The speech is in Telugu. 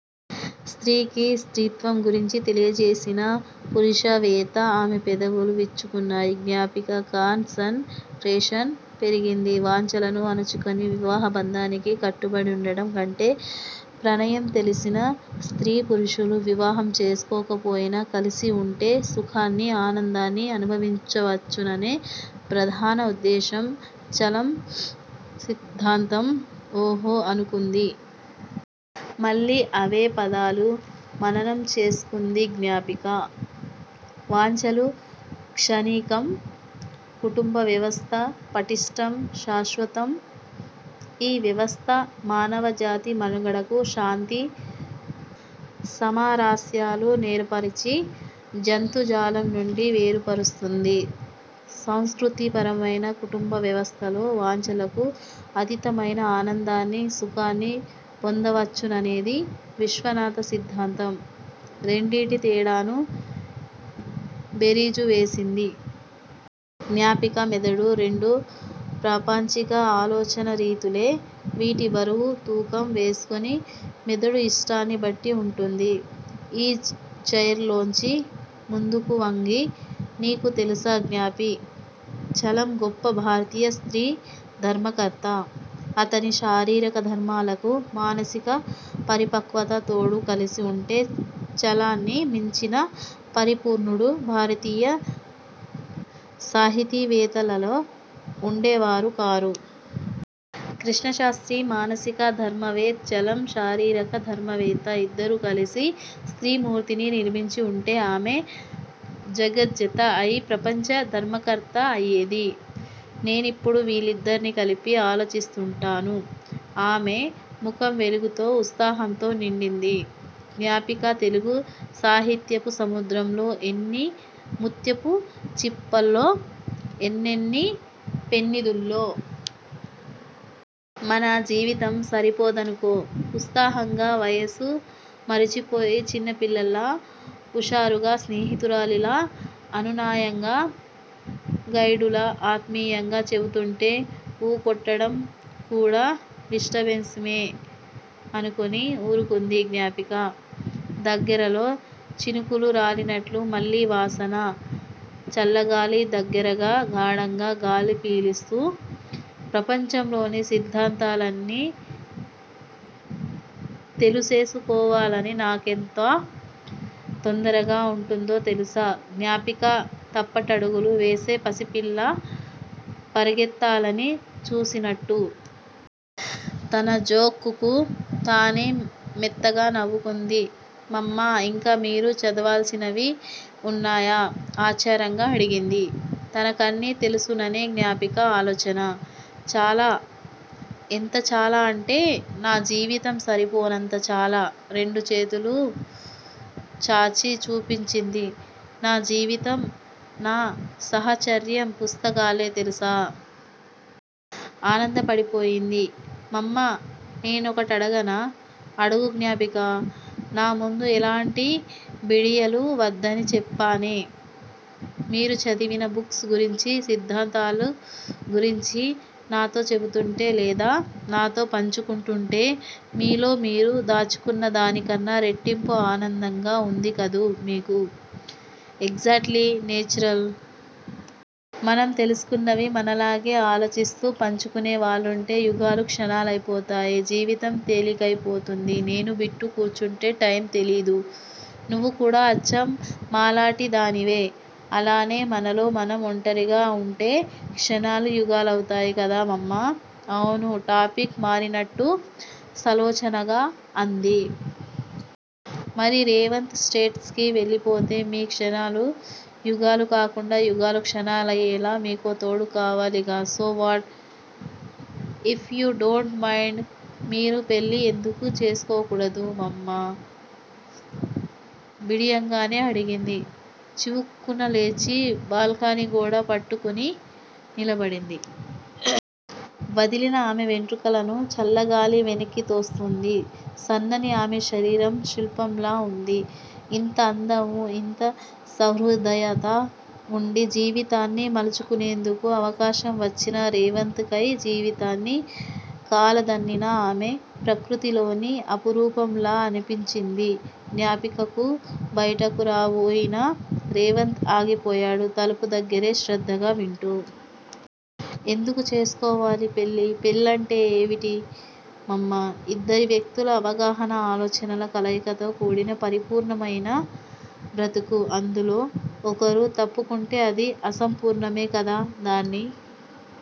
స్త్రీకి స్త్రీత్వం గురించి తెలియచేసిన పురుషవేత్త! ఆమె పెదవులు విచ్చుకున్నాయి. జ్ఞాపిక కాన్ సన్ ట్రేషన్ పెరిగింది. వాంఛలను అణచుకుని వివాహబంధానికి కట్టుబడి ఉండడం కంటే ప్రణయం తెలిసిన స్త్రీపురుషులు వివాహం చేసుకోకపోయినా కలిసిఉంటే సుఖాన్నీ, ఆనందాన్నీ అనుభవించవచ్చుననే ప్రధాన ఉద్దేశం చలం సిద్దాంతం! ఓహొఁ అనుకుంది. మళ్లీ అవే పదాలు మననం చేసుకుంది జ్ఞాపిక. వాంఛలు క్షణికం! కుటుంబవ్యవస్థ పట్టిష్టం, శాశ్వతం! ఈ వ్యవస్థ మానవజాతి మనుగడకు శాంతి సమారస్యాల నేర్పరచి జంతుజాలం నుండి వేరుపరుస్తుంది. సంస్కృథీ పరమైన కుటుంబవ్యవస్థలో వాంఛలకు అతీతమైన ఆనందాన్నీ, సుఖాన్నీ పొందవచ్చుననేది విశ్వనాథ సిద్దాంతం! రెండింటి తేడాను బేరీజు వేసింది. జ్ఞాపిక మెదడు. రెండూ ప్రాపంచిక ఆలోచనారీతులే! వీటి బరువు, తూకం వేసుకుని మెదడు ఇష్టాన్ని బట్టి ఉంటుంది! ఈజ్ చైర్ లోంచి ముందుకువంగి, నీకు తెలుసా జ్ఞాపీ! చలం గొప్ప భారతీయ స్త్రీ ధర్మకర్త! అతని శారీరకధర్మాలకు మానసిక పరిపక్వత తోడు కలిసి ఉంటే చలాన్ని మించిన పరిపూర్ణుడు భారతీయ సాహితీవేతలలో ఉండేవారు కారు! కృష్ణశాస్త్రి మానసిక ధర్మవేత్ చలం శారీరక ధర్మవేత్త! ఇద్దరూ కలిసి స్త్రీమూర్తిని నిర్మించి ఉంటే ఆమె జగజ్జత అయి ప్రపంచ ధర్మకర్త అయ్యేది. నేనెప్పుడూ వీళ్ళిద్దర్నీ కలిపి ఆలోచిస్తుంటాను ఆమె ముఖం వెలుగుతో ఉత్సాహంతో నిండింది. జ్ఞాపికా తెలుగు సాహిత్యపు సముద్రంలో ఎన్ని ముత్యపుచిప్పలో, ఎన్నెన్ని పెన్నిధుల్లో! మన జీవితం సరిపొదనుకో! ఉత్సాహంగా, వయసు మరచిపోయి చిన్నపిల్లలా, ఉషారుగా, స్నేహితురాలిలా అనునయంగా, గైడులా, ఆత్మీయంగా చెబుతుంటే ఊకొట్టడం కూడా డిస్టర్బెన్సేమో అనుకుని ఊరుకుంది జ్ఞాపిక. దగ్గరలో చినుకులు రాలినట్లు మళ్లీ వాసన, చల్లగాలి దగ్గరగా! గాఢంగా గాలి పీలుస్తూ ప్రపంచంలోని సిద్దాంతాలన్నీ తెలుసేసుకోవాలని నాకెంత తొందరగా ఉంటుందో తెలుసా జ్ఞాపికా- తప్పటడుగులు వేసే పసిపిల్ల పరుగెత్తాలని చూసినట్టు! తన జోక్ కు తనే మెత్తగా నవ్వుకుంది. మమ్మా ఇంకా మీరు చదవాల్సినవి ఉన్నాయా? ఆశ్చరంగా అడిగింది. తనకన్నీ తెలుసనే జ్ఞాపిక ఆలోచన! చాలా! ఎంత చాలా అంటే నా జీవితం సరిపోనంత చాలా! రెండుచేతులూ చాచి చూపించింది. నా జీవితం, నా సహచర్యం పుస్తకాలే తెలుసా? ఆనందపడిపోయింది. మమ్మా నేనొకటడగనా? అడుగు జ్ఞాపికా! నా ముందు ఎలాంటి బిడియలూ వద్దని చెప్పానే! మీరు చదివిన బుక్స్ గురించీ, సిద్దాంతాలూ గురించీ నాతో చెబుతుంటే, లేదా నాతో పంచుకుంటూంటే మీలో మీరు దాచుకున్న దానికన్నా రెట్టింపు ఆనందంగా ఉంది కదూ మీకు! ఎగ్జాట్లీ! నేచురల్! మనం తెలుసుకున్నవి మనలాగే ఆలోచిస్తూ పంచుకునే వాళ్ళుంటే యుగాలు క్షణాలయిపోతాయి. జీవితం తేలికయిపోతుంది. నేనూ, బిట్టూ కూర్చుంటే టైమ్ తెలీదు. నువ్వు కూడా అచ్చం మాలాటిదానివే! అలానే మనలో మనం ఒంటరిగా ఉంటే- క్షణాలు యుగాలవుతాయి కదా మమ్మా! అవును టాపిక్ మారినట్టు సలోచనగా అంది. మరి- రేవంత్ స్టేట్స్ కి వెళ్లిపోతే మీ క్షణాలు యుగాలు కాకుండా, యుగాలు క్షణాలయ్యేలా మీకో తోడు కావాలిగా! So what? If you don't mind మీరు పెళ్ళి ఎందుకు చేసుకోకూడదు మమ్మా! బిడియంగానే అడిగింది. చివుక్కున లేచి బాల్కనీ గోడ పట్టుకుని నిలబడింది. వదిలిన ఆమె వెంట్రుకలను చల్లగాలి వెనక్కితోస్తోంది. సన్నని ఆమె శరీరం శిల్పంలా ఉంది. ఇంత అందమూ, ఇంత సహృదయతా వుండీ జీవితాన్ని మలచుకునేందుకు అవకాశం వచ్చినా రేవంత్ కై జీవితాన్ని కాలదన్నిన ఆమె- ప్రకృతి లోని అపురూపంలా అనిపించింది జ్ఞాపికకు. బయటకు రాబోయిన రేవంత్ ఆగిపోయాడు తలుపు దగ్గరే- శ్రద్దగా వింటూ! ఎందుకు చేసుకోవాలి పెళ్ళి? పెళ్ళంటే ఏవిటి మమ్మా? ఇద్దరి వ్యక్తుల అవగాహన, ఆలోచనల కలయికతో కూడిన పరిపూర్ణమయిన బ్రతుకు! అందులో ఒకరు తప్పుకుంటే అది అసంపూర్ణమే కదా! దాన్ని